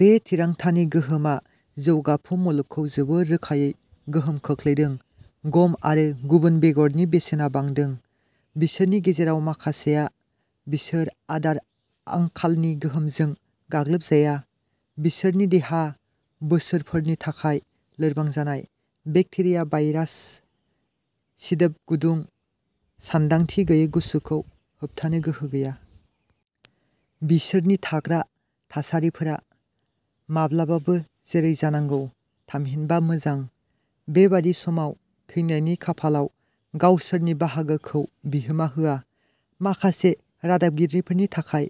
बे थिरांथानि गोहोमा जौगाफु मुलुगखौ जोबोर रोखायै गोहोम खोख्लैदों, गम आरो गुबुन बेगरनि बेसेना बांदों। बिसोरनि गेजेराव माखासेआ, बिसोर आदार आंखालनि गोहोमजों गाग्लोबजाया बिसोरनि देहा, बोसोरफोरनि थाखाय लोरबां जानाय, बेक्टेरिया, भाइरास, सिदोब गुदुं, सानदांथि गैयै गुसुखौ होबथानो गोहो गैया। बिसोरनि थाग्रा थासारिफोरा, माब्लाबाबो जेरै जानांगौ, थामहिनबा मोजां, बेबादि समाव थैनायनि खाफालाव गावसोरनि बाहागोखौ बिहोमा होआ। माखासे रादाबगिरिफोरनि थाखाय,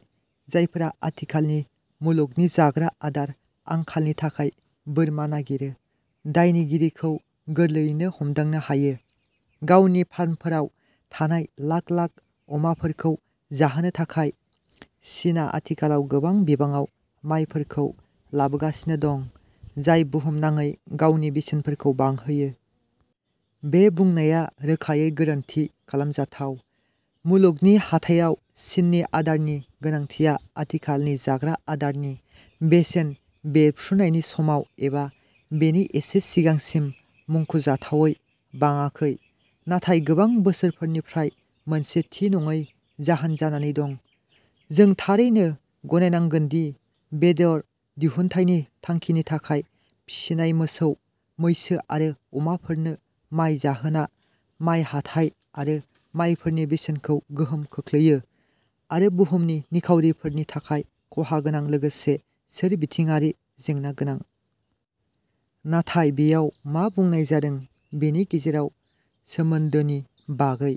जायफोरा आथिखालनि मुलुगनि जाग्रा आदार आंखालनि थाखाय बोरमा नागिरो, दायनिगिरिखौ गोरलैयैनो हमदांनो हायो। गावनि फार्मफोराव थानाय लाख लाख अमाफोरखौ जाहोनो थाखाय, चीनआ आथिखालाव गोबां बिबाङाव मायफोरखौ लाबोगासिनो दं, जाय बुहुमनाङै गावनि बेसेनफोरखौ बांहोयो। "बे बुंनाया रोखायै गोरोन्थि खालामथाव। मुलुगनि हाथायाव चीननि आदारनि गोनांथिया आथिखालनि जाग्रा आदारनि बेसेन बेरफ्रुनायनि समाव एबा बेनि एसे सिगांसिम मुंख'जाथावै बाङाखै नाथाय गोबां बोसोरफोरनिफ्राय मोनसे थि नङै जाहोन जानानै दं। जों थारैनो गनायनांगोन दि बेदर दिहुन्थायनि थांखिनि थाखाय फिसिनाय मोसौ मैसो आरो अमाफोरनो माय जाहोना माय हाथाइ आरो मायफोरनि बेसेनखौ गोहोम खोख्लैयो, आरो बुहुमनि निखावरिफोरनि थाखाय खहा गोनां लोगोसे सोरबिथिंआरि जेंना गोनां। नाथाय बेयाव मा बुंनाय जादों बेनि गेजेराव सोमोन्दोनि बागै।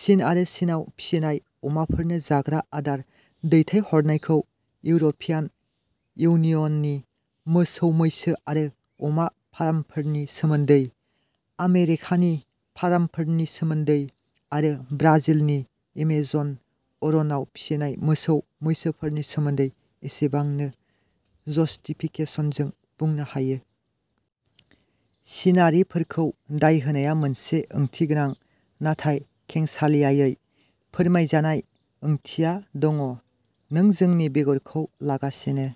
चीन आरो चीनआव फिसिनाय अमाफोरनो जाग्रा आदार दैथायहरनायखौ इउर'पियान इउनियननि मोसौ मैसो आरो अमा फार्मफोरनि सोमोन्दै, आमेरिकानि फार्मफोरनि सोमोन्दै, आरो ब्राजिलनि एमेजन अरनाव फिसिनाय मोसौ मैसोफोरनि सोमोन्दै एसेबांनो जस्टिफिकेशनजों बुंनो हायो। चीनारिफोरखौ दाय होनाया मोनसे ओंथिगोनां नाथाय खेंसालियायै फोरमायजानाय ओंथिया दङ' नों जोंनि बेगरखौ लागासिनो।''